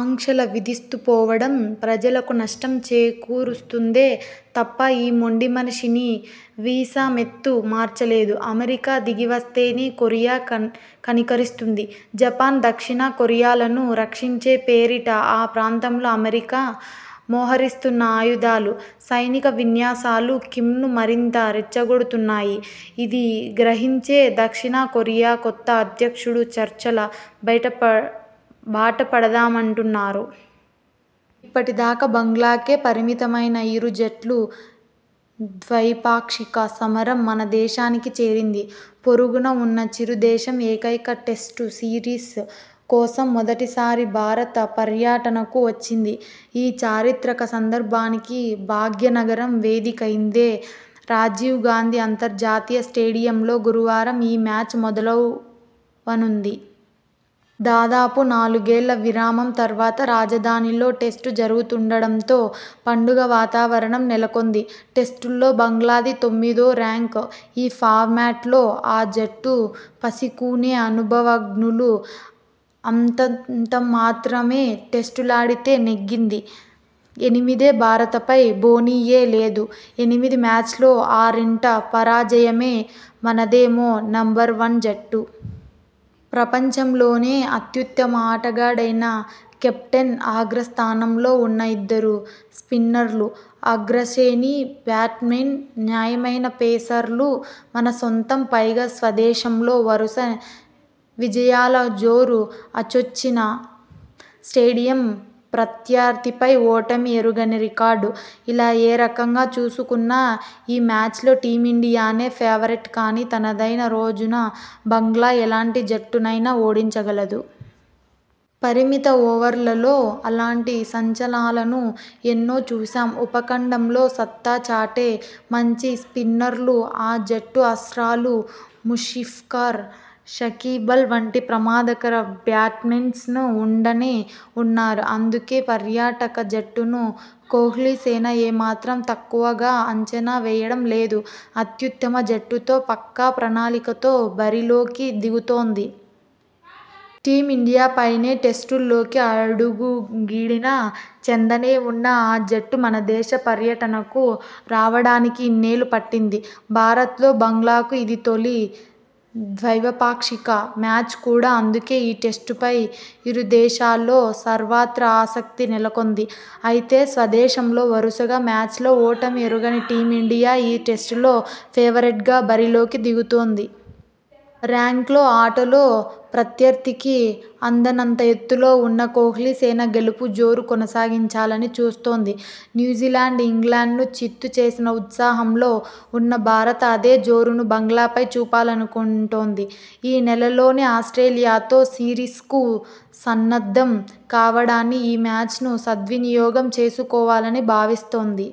ఆంక్షల విధిస్తూపోవడం ప్రజలకు నష్టం చేకూరుస్తుందే తప్ప ఈ మొండిమనిషిని వీసమెత్తు మార్చలేదు. అమెరికా దిగివస్తేనే కొరియా కనికరిస్తుంది. జపాన్, దక్షిణకొరియాలను రక్షించే పేరిట ఆ ప్రాంతంలో అమెరికా మోహరిస్తున్న ఆయుధాలు, సైనిక విన్యాసాలు కిమ్ను మరింత రెచ్చగొడుతున్నాయి. ఇది గ్రహించే దక్షిణకొరియా కొత్త అధ్యక్షుడు చర్చల బాటపడదామంటున్నారు. ఇప్పటిదాకా బంగ్లాకే పరిమితమైన ఇరు జట్ల 'ద్వైపాక్షిక సమరం' మనదేశానికి చేరింది! పొరుగున ఉన్న చిరు దేశం ఏకైక టెస్టు సిరీస్ కోసం మొదటిసారి భారత పర్యటనకు వచ్చింది. ఈ చారిత్రక సందర్భానికి భాగ్యనగరం వేదికైంది. రాజీవ్ గాంధీ అంతర్జాతీయ స్టేడియంలో గురువారం ఈ మ్యాచ్ మొదలవనుంది. దాదాపు నాలుగేళ్ల విరామం తర్వాత రాజధానిలో టెస్టు జరుగుతుండడంతో పండుగ వాతావరణం నెలకొంది! టెస్టుల్లో బంగ్లాది తొమ్మిదో ర్యాంక్! ఈ ఫార్మాట్లో ఆ జట్టు పసికూనే! అనుభవజ్ఞులు అంతంతమాత్రమే! టెస్టులాడితే నెగ్గింది ఎనిమిదే! భారతపై బోణీయే లేదు! ఎనిమిది మ్యాచ్ల్లో ఆరింట పరాజయమే! మనదేమో నెంబర్ వన్ జట్టు! ప్రపంచంలోనే అత్యుత్తమ ఆటగాడైన కెప్టెన్ అగ్రస్థానంలో ఉన్న ఇద్దరు స్పిన్నర్లు అగ్రశేణి బ్యాట్స్మెన్ నాణ్యమైన పేసర్లు మనసొంతం! పైగా, స్వదేశంలో వరుస విజయాల జోరు అచ్చొచ్చిన స్టేడియం ప్రత్యర్థిపై ఓటమి ఎరుగని రికార్డు! ఇలా ఏరకంగా చూసుకున్నా ఈ మ్యాచ్లో టీమిండియానే ఫేవరెట్! కానీ, తనదైన రోజున బంగ్లా ఎలాంటి జట్టునైనా ఓడించగలదు! పరిమిత ఓవర్లలో అలాంటి సంచలనాలను ఎన్నో చూశాం! ఉపఖండంలో సత్తాచాటే మంచి స్పిన్నర్లు ఆ జట్టు అస్ర్తాలు! ముష్ఫికర్, షకీబల్ వంటి ప్రమాదకర బ్యాట్స్మెన్ ఉండనే ఉన్నారు! అందుకే, పర్యాటక జట్టును కోహ్లీసేన ఏమాత్రం తక్కువగా అంచనా వేయడం లేదు! అత్యుత్తమ జట్టుతో, పక్కా ప్రణాళికతో బరిలోకి దిగుతోంది! టీమిండియాపైనే టెస్టుల్లోకి అడుగిడినా చెంతనే ఉన్నా ఆ జట్టు మనదేశ పర్యటనకు రావడానికి ఇన్నేళ్లు పట్టింది. భారత్లో బంగ్లాకు ఇది తొలి ద్వైపాక్షిక మ్యాచ్ కూడా. అందుకే, ఈ టెస్టుపై ఇరుదేశాల్లో సర్వత్రా ఆసక్తి నెలకొంది! అయితే, స్వదేశంలో వరుసగా మ్యాచ్ల్లో ఓటమి ఎరుగని టీమిండియా ఈ టెస్టులో ఫేవరెట్గా బరిలోకి దిగుతోంది. ర్యాంక్లో, ఆటలో ప్రత్యర్థికి అందనంత ఎత్తులో ఉన్న కోహ్లీసేన గెలుపు జోరు కొనసాగించాలని చూస్తోంది. న్యూజిలాండ్, ఇంగ్లండ్ను చిత్తు చేసిన ఉత్సాహంలో ఉన్న భారత అదే జోరును బంగ్లాపై చూపాలనుకుంటోంది. ఈ నెలలోనే ఆస్ట్రేలియాతో సిరీస్కు సన్నద్ధం కావడానికి ఈ మ్యాచ్ను సద్వినియోగం చేసుకోవాలని భావిస్తోంది.